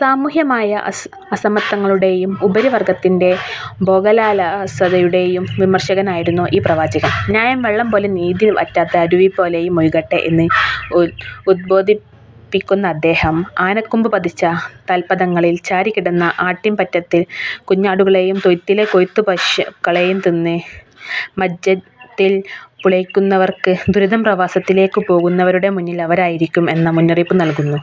സാമൂഹ്യമായ അസമത്വങ്ങളുടേയും ഉപരിവർഗ്ഗത്തിന്റെ ഭോഗലാലസതയുടേയും വിമർശകനായിരുന്നു ഈ പ്രവാചകൻ. "ന്യായം വെള്ളംപോലെയും നീതി വറ്റാത്ത അരുവിപോലെയും ഒഴുകട്ടെ" എന്ന് ഉദ്ബോധിപ്പിക്കുന്ന അദ്ദേഹം, "ആനക്കൊമ്പു പതിച്ച തല്പങ്ങളിൽ ചാരിക്കിടന്ന് ആട്ടിൻപറ്റത്തിലെ കുഞ്ഞാടുകളേയും, തൊഴുത്തിലെ കൊഴുത്ത പശുക്കളേയും തിന്ന് മഞ്ചത്തിൽ പുളയ്ക്കുന്നവർക്ക് ദുരിതംപ്രവാസത്തിലേക്കു പോകുന്നവരുടെ മുമ്പിൽ അവരായിരിക്കും" എന്ന മുന്നറിയിപ്പും നൽകുന്നു.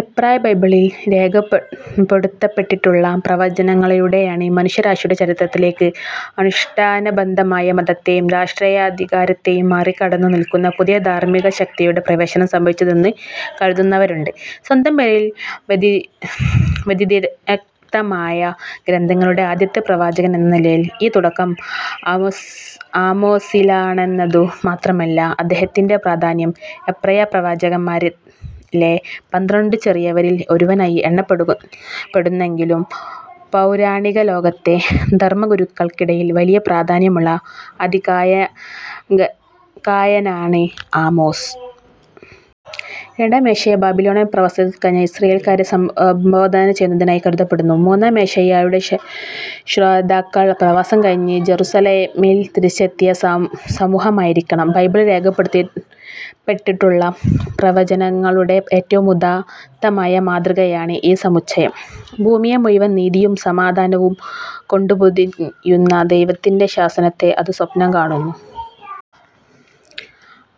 എബ്രായബൈബിളിൽ രേഖപ്പെടുത്തപ്പെട്ടിട്ടുള്ള പ്രവചനങ്ങളിലൂടെയാണ്, മനുഷ്യരാശിയുടെ ചരിത്രത്തിലേക്ക് അനുഷ്ഠാനബദ്ധമായ മതത്തെയും രഷ്ട്രീയാധികാരത്തേയും മറികടന്നു നിൽക്കുന്ന പുതിയ ധാർമ്മികശക്തിയുടെ പ്രവേശനം സംഭവിച്ചതെന്നു കരുതുന്നവരുണ്ട്. സ്വന്തം പേരിൽ വ്യതിരിക്തമായ ഗ്രന്ഥമുള്ള ആദ്യത്തെ പ്രവാചകനെന്ന നിലയിൽ, ഈ തുടക്കം ആമോസിലാണെന്നതു മാത്രമല്ല അദ്ദേഹത്തിന്റെ പ്രാധാന്യം. എബ്രായ പ്രവാചകന്മാരിലെ പന്ത്രണ്ടു 'ചെറിയവരിൽ' ഒരുവനായി എണ്ണപ്പെടുന്നെങ്കിലും, പൗരാണികലോകത്തെ ധർമ്മഗുരുക്കൾക്കിടയിൽ വലിയ പ്രാധാന്യമുള്ള അതികായനാണ് ആമോസ്. രണ്ടാം ഏശയ്യാ ബാബിലോണിൽ പ്രവാസത്തിൽ കഴിഞ്ഞ ഇസ്രായേൽക്കാരെ സംബോധന ചെയ്യുന്നതായി കരുതപ്പെടുന്നു. മൂന്നാം ഏശയ്യായുടെ ശ്രോതാക്കൾ പ്രവാസം കഴിഞ്ഞ് ജറുസലെമിൽ തിരിച്ചെത്തിയ സമൂഹമായിരിക്കണം. ബൈബിളിൽ രേഖപ്പെടുത്തപ്പെട്ടിട്ടുള്ള പ്രവചനങ്ങളുടെ ഏറ്റവും ഉദാത്തമായ മാതൃകയാണ് ഈ സമുച്ചയം. ഭൂമിയെ മുഴുവൻ നീതിയും സമാധാനവും കൊണ്ടുപൊതിയുന്ന ദൈവത്തിന്റെ ശാസനത്തെ അത് സ്വപ്നം കാണുന്നു.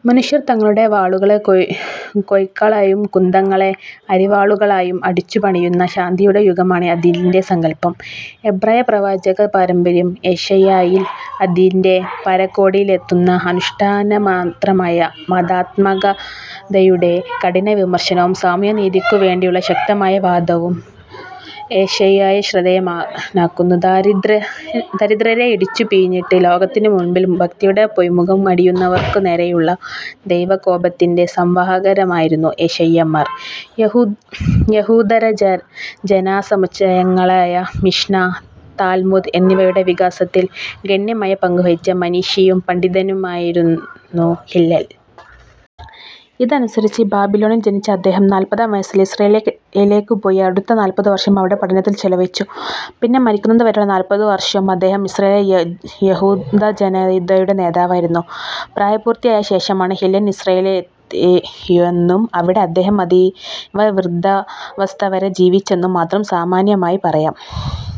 മനുഷ്യർ തങ്ങളുടെ "വാളുകളെ കൊഴുക്കളായും കുന്തങ്ങളെ അരിവാളുകളായും അടിച്ചുപണിയുന്ന" ശാന്തിയുടെ യുഗമാണ് അതിന്റെ സങ്കല്പം. എബ്രായപ്രവാചകപാരമ്പര്യം ഏശയ്യായിൽ അതിന്റെ പരകോടിയിലെത്തുന്നു. അനുഷ്ഠാനമാത്രമായ മതാത്മകതയുടെ കഠിനവിമർശനവും സാമൂഹ്യനീതിക്കുവേണ്ടിയുള്ള ശക്തമായ വാദവും ഏശയ്യായെ ശ്രദ്ധേയനാക്കുന്നു. ദരിദ്രരെ ഇടിച്ചുപിഴിഞ്ഞിട്ട് ലോകത്തിനുമുൻപിൽ ഭക്തിയുടെ പൊയ്മുഖം അണിയുന്നവർക്കുനേരേയുള്ള ദൈവകോപത്തിന്റെ സംവാഹകരായിരുന്നു 'ഏശയ്യാമാർ'. യഹൂദരചനാസമുച്ചയങ്ങളായ മിഷ്ന, താൽമുദ് എന്നിവയുടെ വികാസത്തിൽ ഗണ്യമായ പങ്കുവഹിച്ച മനീഷിയും പണ്ഡിതനുമായിരുന്നു ഹില്ലൽ. ഇതനുസരിച്ച്, ബാബിലോണിൽ ജനിച്ച അദ്ദേഹം നാല്പതാം വയസ്സിൽ ഇസ്രായേലിലേയ്ക്കു പോയി, അടുത്ത നാല്പതു വർഷം അവിടെ പഠനത്തിൽ ചെലവഴിച്ചു; പിന്നെ മരിക്കുന്നതുവരെയുള്ള നാല്പതുവരുഷം അദ്ദേഹം ഇസ്രായേലിലെ യഹൂദജനതയുടെ നേതാവായിരുന്നു. പ്രായപൂർത്തിയായ ശേഷമാണ് ഹില്ലൽ ഇസ്രായേലിലെത്തിയെന്നും അവിടെ അദ്ദേഹം അതീവ വൃദ്ധാവസ്ഥവരെ ജീവിച്ചെന്നും മാത്രം സാമാന്യമായി പറയാം.